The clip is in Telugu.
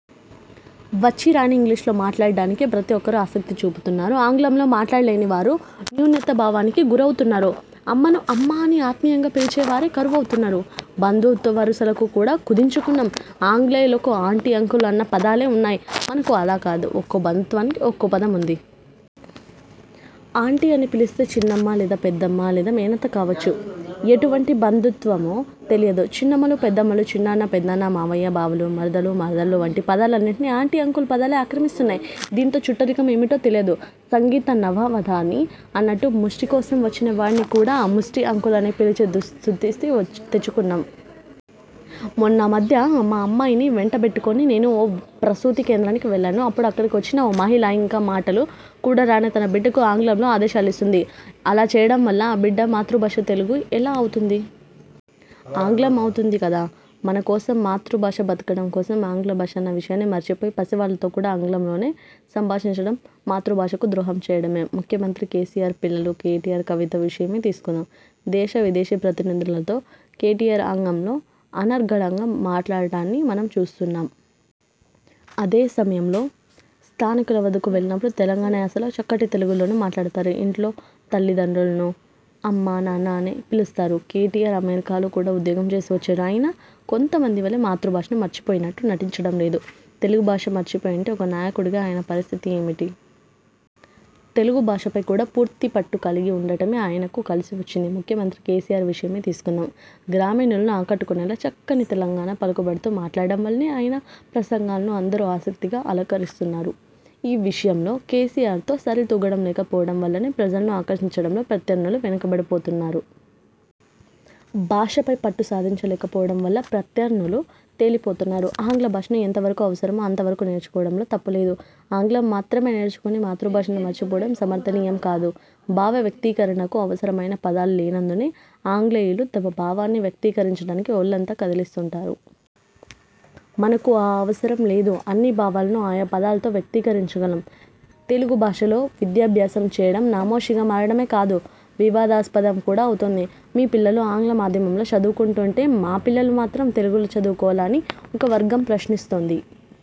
వచ్చీ రాని ఇంగ్లీషులో మాట్లాడటానికే ప్రతి ఒక్కరూ ఆసక్తి చూపుతున్నారు. ఆంగ్లంలో మాట్లాడలేని వారు న్యూనతా భావానికి గురవుతున్నారు. అమ్మను అమ్మ అని ఆత్మీయంగా పిలిచేవారే కరువవుతున్నారు. బంధుత్వ వరుసలను కూడా కుదించుకున్నాం. ఆంగ్లేయులకు ఆంటీ, అంకుల్ అన్న పదాలే ఉన్నాయి. మనకు అలా కాదు ఒక్కో బంధుత్వానికీ ఒక్కో పదం ఉంది. ఆంటీ అని పిలిస్తే చిన్నమ్మ లేదా పెద్దమ్మ లేదా మేనత్త కావచ్చు. ఎటువంటి బంధుత్వమో తెలియదు. చిన్నమ్మలు, పెద్దమ్మలు, చిన్నాన్న, పెదనాన్న, మామయ్య, బావలు, మరుదులు, మరదళ్లు వంటి పదాలన్నింటినీ ఆంటీ, అంకుల్ పదాలే ఆక్రమిస్తున్నాయి. దీంతో చుట్టరికం ఏమిటో తెలియదు. సంగీత నవావధాని అన్నట్టుగ ముష్టి కోసం వచ్చిన వాడిని కూడా ముష్టి అంకుల్ అని పిలిచే దుస్థితి తెచ్చుకున్నాం. మొన్నామధ్య మా అమ్మాయిని వెంటబెట్టుకుని నేను ఓ ప్రసూతి కేంద్రానికి వెళ్లాను. అప్పుడు అక్కడికి వచ్చిన ఓ మహిళ ఇంకా మాటలు కూడా రాని తన బిడ్డకు ఆంగ్లంలో ఆదేశాలు ఇస్తోంది. అలా చేయడం వల్ల ఆ బిడ్డ మాతృ భాష తెలుగు ఎలా అవుతుంది? ఆంగ్లం అవుతుంది కదా? మన కోసం మాతృభాష– బతకడం కోసం ఆంగ్ల భాష అన్న విషయాన్ని మరిచిపోయి పసివాళ్లతో కూడా ఆంగ్లంలోనే సంభాషించడం మాతృ భాషకు ద్రోహం చేయడమే! ముఖ్యమంత్రి కేసీఆర్ పిల్లలు కేటీఆర్, కవిత విషయమే తీసుకుందాం! దేశ, విదేశీ ప్రతినిధులతో కేటీఆర్ ఆంగ్లంలో అనర్గళంగా మాట్లాడటాన్ని మనం చూస్తున్నాం. అదే సమయంలో స్థానికుల వద్దకు వెళ్లినప్పుడు తెలంగాణ యాసలో చక్కటి తెలుగులోనూ మాట్లాడతారు. ఇంట్లో తల్లిదండ్రులను అమ్మ, నాన్న అనే పిలుస్తారు. కేటీఆర్ అమెరికాలో కూడా ఉద్యోగం చేసి వచ్చారు. అయినా కొంతమంది వలె మాతృ భాషను మర్చిపోయినట్టు నటించడం లేదు. తెలుగు భాష మర్చిపోయి ఉంటే ఒక నాయకుడిగా ఆయన పరిస్థితి ఏమిటి? తెలుగు భాషపై కూడా పూర్తి పట్టు కలిగి ఉండటమే ఆయనకు కలిసి వచ్చింది. ముఖ్యమంత్రి కేసీఆర్ విషయమే తీసుకుందాం! గ్రామీణులను ఆకట్టుకునేలా చక్కని తెలంగాణ పలుకుబడితో మాట్లాడటం వల్లనే ఆయన ప్రసంగాలను అందరూ ఆసక్తిగా ఆలకిస్తున్నారు. ఈ విషయంలో కేసీఆర్తో సరితూగలేకపోవడం వల్లనే ప్రజలను ఆకర్షించడంలో ప్రత్యన్నలు వెనుకబడిపోతున్నారు. భాషపై పట్టు సాధించలేకపోవడం వల్ల ప్రత్యానులు తేలిపోతున్నారు. ఆంగ్ల భాషను ఎంతవరకు అవసరమో అంతవరకు నేర్చుకోవడంలో తప్పు లేదు. ఆంగ్లము మాత్రమే నేర్చుకుని మాతృ భాషను మర్చిపోవడం సమర్థనీయం కాదు. భావ వ్యక్తీకరణకు అవసరమైన పదాలు లేనందునే ఆంగ్లేయులు తమ భావాన్ని వ్యక్తీకరించడానికి ఒళ్లంతా కదిలిస్తుంటారు. మనకు ఆ అవసరం లేదు. అన్ని భావాలనూ ఆయా పదాలతో వ్యక్తీకరించగలం! తెలుగు భాషలో విద్యాభ్యాసం చేయడం నామోషీగా మారడమే కాదు– వివాదాస్పదం కూడా అవుతోంది. మీ పిల్లలు ఆంగ్ల మాధ్యమంలో చదువుకుంటూ ఉంటే మా పిల్లలు మాత్రం తెలుగులోనే చదువుకోవాలా? అని ఒక వర్గం ప్రశ్నిస్తోంది.